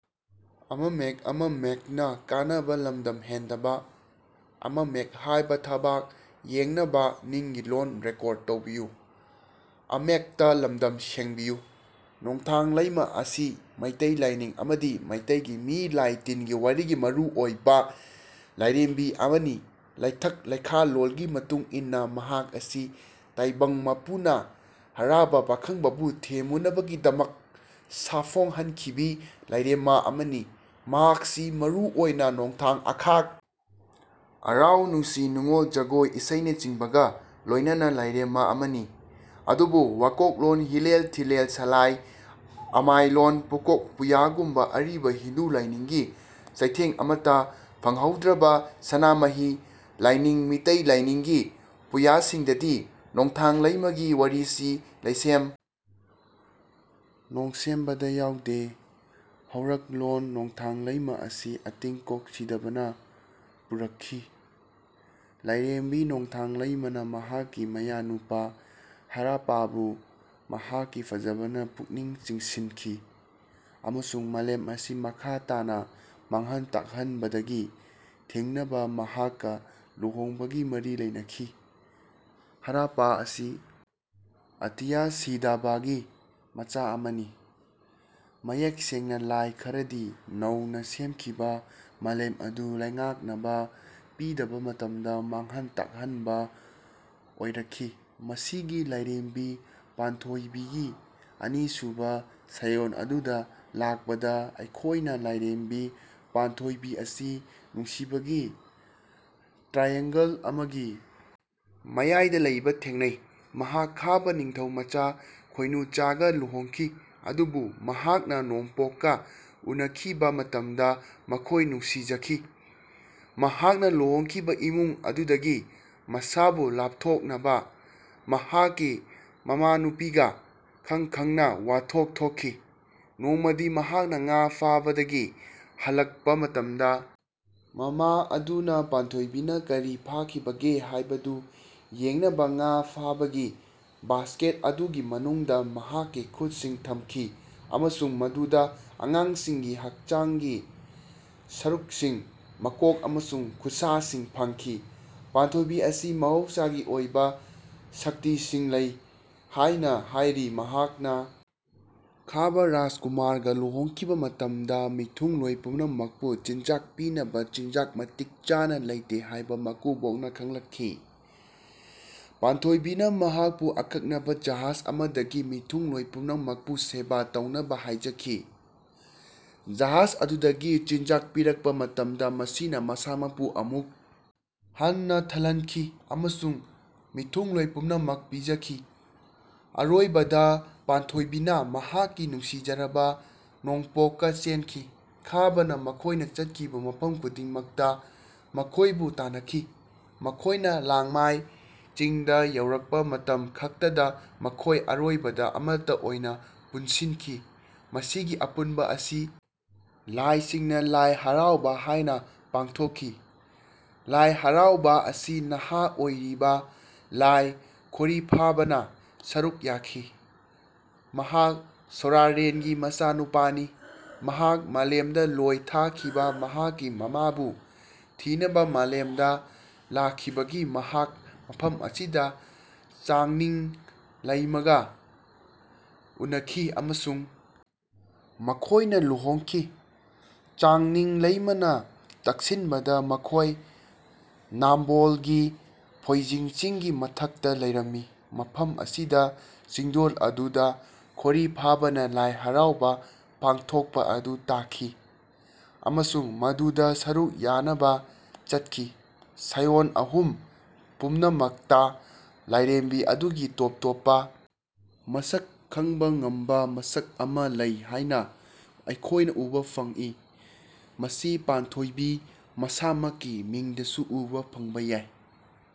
ꯅꯣꯡꯊꯥꯡ ꯂꯩꯃ ꯑꯁꯤ ꯃꯩꯇꯩ ꯂꯥꯢꯅꯤꯡ ꯑꯃꯗꯤ ꯃꯩꯇꯩꯒꯤ ꯃꯤ ꯂꯥꯢ ꯇꯤꯟꯒꯤ ꯋꯥꯔꯤꯒꯤ ꯃꯔꯨ ꯑꯣꯢꯕ ꯂꯥꯢꯔꯦꯝꯕꯤ ꯑꯃꯅꯤ꯫ ꯂꯩꯊꯛ ꯂꯩꯈꯥꯂꯣꯜꯒꯤ ꯃꯇꯨꯡꯏꯟꯅ ꯃꯍꯥꯛ ꯑꯁꯤ ꯇꯥꯢꯕꯪ ꯃꯄꯨꯅ ꯍꯔꯥꯕ ꯄꯥꯈꯪꯕꯕꯨ ꯊꯦꯝꯃꯨꯅꯕꯒꯤꯗꯃꯛ ꯁꯥꯐꯣꯡꯍꯟꯈꯤꯕꯤ ꯂꯥꯢꯔꯦꯝꯃ ꯑꯃꯅꯤ꯫ ꯃꯍꯥꯛꯁꯤ ꯃꯔꯨ ꯑꯣꯢꯅ ꯅꯣꯡꯊꯥꯡ ꯑꯈꯥꯛ ꯑꯔꯥꯎ ꯅꯨꯡꯁꯤ ꯅꯨꯉꯣꯜ ꯖꯒꯣꯢ ꯏꯁꯩꯅꯆꯤꯡꯕꯒ ꯂꯣꯢꯅꯕ ꯂꯥꯢꯔꯦꯝꯃ ꯑꯃꯅꯤ꯫ ꯑꯗꯨꯕꯨ ꯋꯥꯀꯣꯛꯂꯣꯟ ꯍꯤꯂꯦꯜ ꯊꯤꯂꯦꯜ ꯁꯂꯥꯏ ꯑꯃꯥꯏꯂꯣꯟ ꯄꯨꯀꯣꯛ ꯄꯨꯌꯥꯒꯨꯝꯕ ꯑꯔꯤꯕ ꯍꯤꯟꯗꯨ ꯂꯥꯢꯅꯤꯡꯒꯤ ꯆꯩꯊꯦꯡ ꯑꯃꯇ ꯐꯪꯍꯧꯗ꯭ꯔꯕ ꯁꯅꯥꯃꯍꯤ ꯂꯥꯏꯅꯤꯡ ꯃꯤꯇꯩ ꯂꯥꯢꯅꯤꯡ ꯒꯤ ꯄꯨꯌꯥꯁꯤꯡꯗꯗꯤ ꯅꯣꯡꯊꯥꯡ ꯂꯩꯃ ꯒꯤ ꯋꯥꯔꯤꯁꯤ ꯂꯩꯁꯦꯝ ꯅꯣꯡꯁꯦꯝꯕꯗ ꯌꯥꯎꯗꯦ꯫ ꯍꯧꯔꯛꯂꯣꯟ ꯅꯣꯡꯊꯥꯡ ꯂꯩꯃ ꯑꯁꯤ ꯑꯇꯤꯡꯀꯣꯛ ꯁꯤꯗꯕꯅ ꯄꯨꯔꯛꯈꯤ꯫ ꯂꯥꯏꯔꯦꯝꯕꯤ ꯅꯣꯡꯊꯥꯡ ꯂꯩꯃꯥꯅ ꯃꯍꯥꯛꯀꯤ ꯃꯌꯥꯅꯨꯄꯥ ꯍꯔꯥꯄꯥꯕꯨ ꯃꯍꯥꯛꯀꯤ ꯐꯖꯕꯅ ꯄꯨꯛꯅꯤꯡ ꯆꯤꯡꯁꯤꯟꯈꯤ ꯑꯃꯁꯨꯡ ꯃꯥꯂꯦꯝ ꯑꯁꯤ ꯃꯈꯥ ꯇꯥꯅ ꯃꯥꯡꯍꯟ ꯇꯥꯛꯍꯟꯕꯗꯒꯤ ꯊꯤꯡꯅꯕ ꯃꯍꯥꯛꯀ ꯂꯨꯍꯣꯡꯕꯒꯤ ꯃꯔꯤ ꯂꯩꯅꯈꯤ꯫ ꯍꯔꯥꯄꯥ ꯑꯁꯤ ꯑꯇꯤꯌꯥ ꯁꯤꯗꯥꯕꯥꯒꯤ ꯃꯆꯥ ꯑꯃꯅꯤ꯫ ꯃꯌꯦꯛ ꯁꯦꯡꯅ ꯂꯥꯏ ꯈꯔꯗꯤ ꯅꯧꯅ ꯁꯦꯝꯈꯤꯕ ꯃꯥꯂꯦꯝ ꯑꯗꯨ ꯂꯩꯉꯥꯛꯅꯕ ꯄꯤꯗꯕ ꯃꯇꯝꯗ ꯃꯥꯡꯍꯟ ꯇꯥꯛꯍꯟꯕ ꯑꯣꯏꯔꯛꯈꯤ꯫ ꯃꯁꯤꯒꯤ ꯂꯥꯏꯔꯦꯝꯕꯤ ꯄꯥꯟꯊꯣꯏꯕꯤ ꯒꯤ ꯑꯅꯤꯁꯨꯕ ꯁꯥꯏꯑꯣꯟ ꯑꯗꯨꯗ ꯂꯥꯛꯄꯗ ꯑꯩꯈꯣꯏꯅ ꯂꯥꯏꯔꯦꯝꯕꯤ ꯄꯥꯟꯊꯣꯏꯕꯤ ꯑꯁꯤ ꯅꯨꯡꯁꯤꯕꯒꯤ ꯇ꯭ꯔꯥꯏꯑꯦꯡꯒꯜ ꯑꯃꯒꯤ ꯃꯌꯥꯏꯗ ꯂꯩꯕ ꯊꯦꯡꯅꯩ꯫ ꯃꯍꯥꯛ ꯈꯥꯕꯥ ꯅꯤꯡꯊꯧꯃꯆꯥ ꯈꯣꯏꯅꯨꯆꯥꯒ ꯂꯨꯍꯣꯡꯈꯤ꯫ ꯑꯗꯨꯕꯨ ꯃꯍꯥꯛꯅ ꯅꯣꯡꯄꯣꯛꯀ ꯎꯅꯈꯤꯕ ꯃꯇꯝꯗ ꯃꯈꯣꯏ ꯅꯨꯡꯁꯤꯖꯈꯤ꯫ ꯃꯍꯥꯛꯅ ꯂꯨꯍꯣꯡꯈꯤꯕ ꯏꯃꯨꯡ ꯑꯗꯨꯗꯒꯤ ꯃꯁꯥꯕꯨ ꯂꯥꯞꯊꯣꯛꯅꯕ ꯃꯍꯥꯛꯀꯤ ꯃꯃꯥꯅꯨꯄꯤꯒ ꯈꯪ ꯈꯪꯅ ꯋꯥꯊꯣꯛ ꯊꯣꯛꯈꯤ꯫ ꯅꯣꯡꯃꯗꯤ ꯃꯍꯥꯛꯅ ꯉꯥ ꯐꯥꯕꯗꯒꯤ ꯍꯜꯂꯛꯄ ꯃꯇꯝꯗ ꯃꯃꯥ ꯑꯗꯨꯅ ꯄꯥꯟꯊꯣꯏꯕꯤꯅ ꯀꯔꯤ ꯐꯥꯈꯤꯕꯒꯦ ꯍꯥꯏꯕꯗꯨ ꯌꯦꯡꯅꯕ ꯉꯥ ꯐꯥꯕꯒꯤ ꯕꯥꯁꯀꯦꯠ ꯑꯗꯨꯒꯤ ꯃꯅꯨꯡꯗ ꯃꯍꯥꯛꯀꯤ ꯈꯨꯠꯁꯤꯡ ꯊꯝꯈꯤ ꯑꯃꯁꯨꯡ ꯃꯗꯨꯗ ꯑꯉꯥꯡꯁꯤꯡꯒꯤ ꯍꯛꯆꯥꯡꯒꯤ ꯁꯔꯨꯛꯁꯤꯡ ꯃꯀꯣꯛ ꯑꯃꯁꯨꯡ ꯈꯨꯠꯁꯥꯁꯤꯡ ꯐꯪꯈꯤ꯫ ꯄꯥꯟꯊꯣꯏꯕꯤ ꯑꯁꯤ ꯃꯍꯧꯁꯥꯒꯤ ꯑꯣꯏꯕ ꯁꯛꯇꯤꯁꯤꯡ ꯂꯩ ꯍꯥꯏꯅ ꯍꯥꯏꯔꯤ꯫ ꯃꯍꯥꯛꯅ ꯈꯥꯕꯥ ꯔꯥꯖꯀꯨꯃꯥꯔꯒ ꯂꯨꯍꯣꯡꯈꯤꯕ ꯃꯇꯝꯗ ꯃꯤꯊꯨꯡꯂꯣꯏ ꯄꯨꯝꯅꯃꯛꯄꯨ ꯆꯤꯟꯖꯥꯛ ꯄꯤꯅꯕ ꯆꯤꯟꯖꯥꯛ ꯃꯇꯤꯛ ꯆꯥꯅ ꯂꯩꯇꯦ ꯍꯥꯏꯕ ꯃꯀꯨꯕꯣꯛꯅ ꯈꯪꯂꯛꯈꯤ꯫ ꯄꯥꯟꯊꯣꯏꯕꯤꯅ ꯃꯍꯥꯛꯄꯨ ꯑꯀꯛꯅꯕ ꯖꯍꯥꯖ ꯑꯃꯗꯒꯤ ꯃꯤꯊꯨꯡꯂꯣꯏ ꯄꯨꯝꯅꯃꯛꯄꯨ ꯁꯦꯕꯥ ꯇꯧꯅꯕ ꯍꯥꯏꯖꯈꯤ꯫ ꯖꯍꯥꯖ ꯑꯗꯨꯗꯒꯤ ꯆꯤꯟꯖꯥꯛ ꯄꯤꯔꯛꯄ ꯃꯇꯝꯗ ꯃꯁꯤꯅ ꯃꯁꯥꯃꯛꯄꯨ ꯑꯃꯨꯛ ꯍꯟꯅ ꯊꯜꯍꯟꯈꯤ ꯑꯃꯁꯨꯡ ꯃꯤꯊꯨꯡꯂꯣꯏ ꯄꯨꯝꯅꯃꯛ ꯄꯤꯖꯈꯤ꯫ ꯑꯔꯣꯏꯕꯗ ꯄꯥꯟꯊꯣꯏꯕꯤꯅ ꯃꯍꯥꯛꯀꯤ ꯅꯨꯡꯁꯤꯖꯔꯕ ꯅꯣꯡꯄꯣꯛꯀ ꯆꯦꯟꯈꯤ꯫ ꯈꯥꯕꯥꯅ ꯃꯈꯣꯏꯅ ꯆꯠꯈꯤꯕ ꯃꯐꯝ ꯈꯨꯗꯤꯡꯃꯛꯇ ꯃꯈꯣꯏꯕꯨ ꯇꯥꯟꯅꯈꯤ꯫ ꯃꯈꯣꯏꯅ ꯂꯥꯡꯃꯥꯏ ꯆꯤꯡꯗ ꯌꯧꯔꯛꯄ ꯃꯇꯝ ꯈꯛꯇꯗ ꯃꯈꯣꯏ ꯑꯔꯣꯏꯕꯗ ꯑꯃꯠꯇ ꯑꯣꯏꯅ ꯄꯨꯟꯁꯤꯟꯈꯤ꯫ ꯃꯁꯤꯒꯤ ꯑꯄꯨꯟꯕ ꯑꯁꯤ ꯂꯥꯏꯁꯤꯡꯅ ꯂꯥꯏ ꯍꯔꯥꯎꯕꯥ ꯍꯥꯏꯅ ꯄꯥꯡꯊꯣꯛꯈꯤ꯫ ꯂꯥꯏ ꯍꯔꯥꯎꯕꯥ ꯑꯁꯤ ꯅꯍꯥ ꯑꯣꯏꯔꯤꯕ ꯂꯥꯏ ꯈꯣꯔꯤꯐꯥꯕꯥꯅ ꯁꯔꯨꯛ ꯌꯥꯈꯤ꯫ ꯃꯍꯥꯛ ꯁꯣꯔꯥꯔꯦꯟꯒꯤ ꯃꯆꯥꯅꯨꯄꯥꯅꯤ꯫ ꯃꯍꯥꯛ ꯃꯥꯂꯦꯝꯗ ꯂꯣꯏ ꯊꯥꯈꯤꯕ ꯃꯍꯥꯛꯀꯤ ꯃꯃꯥꯕꯨ ꯊꯤꯅꯕ ꯃꯥꯂꯦꯝꯗ ꯂꯥꯛꯈꯤꯕꯅꯤ꯫ ꯃꯍꯥꯛ ꯃꯐꯝ ꯑꯁꯤꯗ ꯆꯥꯡꯅꯤꯡ ꯂꯩꯃꯥꯒ ꯎꯅꯈꯤ ꯑꯃꯁꯨꯡ ꯃꯈꯣꯏꯅ ꯂꯨꯍꯣꯡꯈꯤ꯫ ꯆꯥꯡꯅꯤꯡ ꯂꯩꯃꯥꯅ ꯇꯛꯁꯤꯟꯕꯗ ꯃꯈꯣꯏ ꯅꯥꯝꯕꯣꯜꯒꯤ ꯐꯣꯏꯖꯤꯡ ꯆꯤꯡꯒꯤ ꯃꯊꯛꯇ ꯂꯩꯔꯝꯃꯤ꯫ ꯃꯐꯝ ꯑꯁꯤꯗ ꯆꯤꯡꯗꯣꯜ ꯑꯗꯨꯗ ꯈꯣꯔꯤꯐꯥꯕꯥꯅ ꯂꯥꯏ ꯍꯔꯥꯎꯕꯥ ꯄꯥꯡꯊꯣꯛꯄ ꯑꯗꯨ ꯇꯥꯈꯤ ꯑꯃꯁꯨꯡ ꯃꯗꯨꯗ ꯁꯔꯨꯛ ꯌꯥꯅꯕ ꯆꯠꯈꯤ꯫ ꯁꯥꯏꯑꯣꯟ ꯑꯍꯨꯝ ꯄꯨꯝꯅꯃꯛꯇ ꯂꯥꯏꯔꯦꯝꯕꯤ ꯑꯗꯨꯒꯤ ꯇꯣꯞ ꯇꯣꯞꯄ ꯃꯁꯛ ꯈꯪꯕ ꯉꯝꯕ ꯃꯁꯛ ꯑꯃ ꯂꯩ ꯍꯥꯏꯅ ꯑꯩꯈꯣꯏꯅ ꯎꯕ ꯐꯪꯏ꯫ ꯃꯁꯤ ꯄꯥꯟꯊꯣꯏꯕꯤ ꯃꯁꯥꯃꯛꯀꯤ ꯃꯤꯡꯗꯁꯨ ꯎꯕ ꯐꯪꯕ ꯌꯥꯏ꯫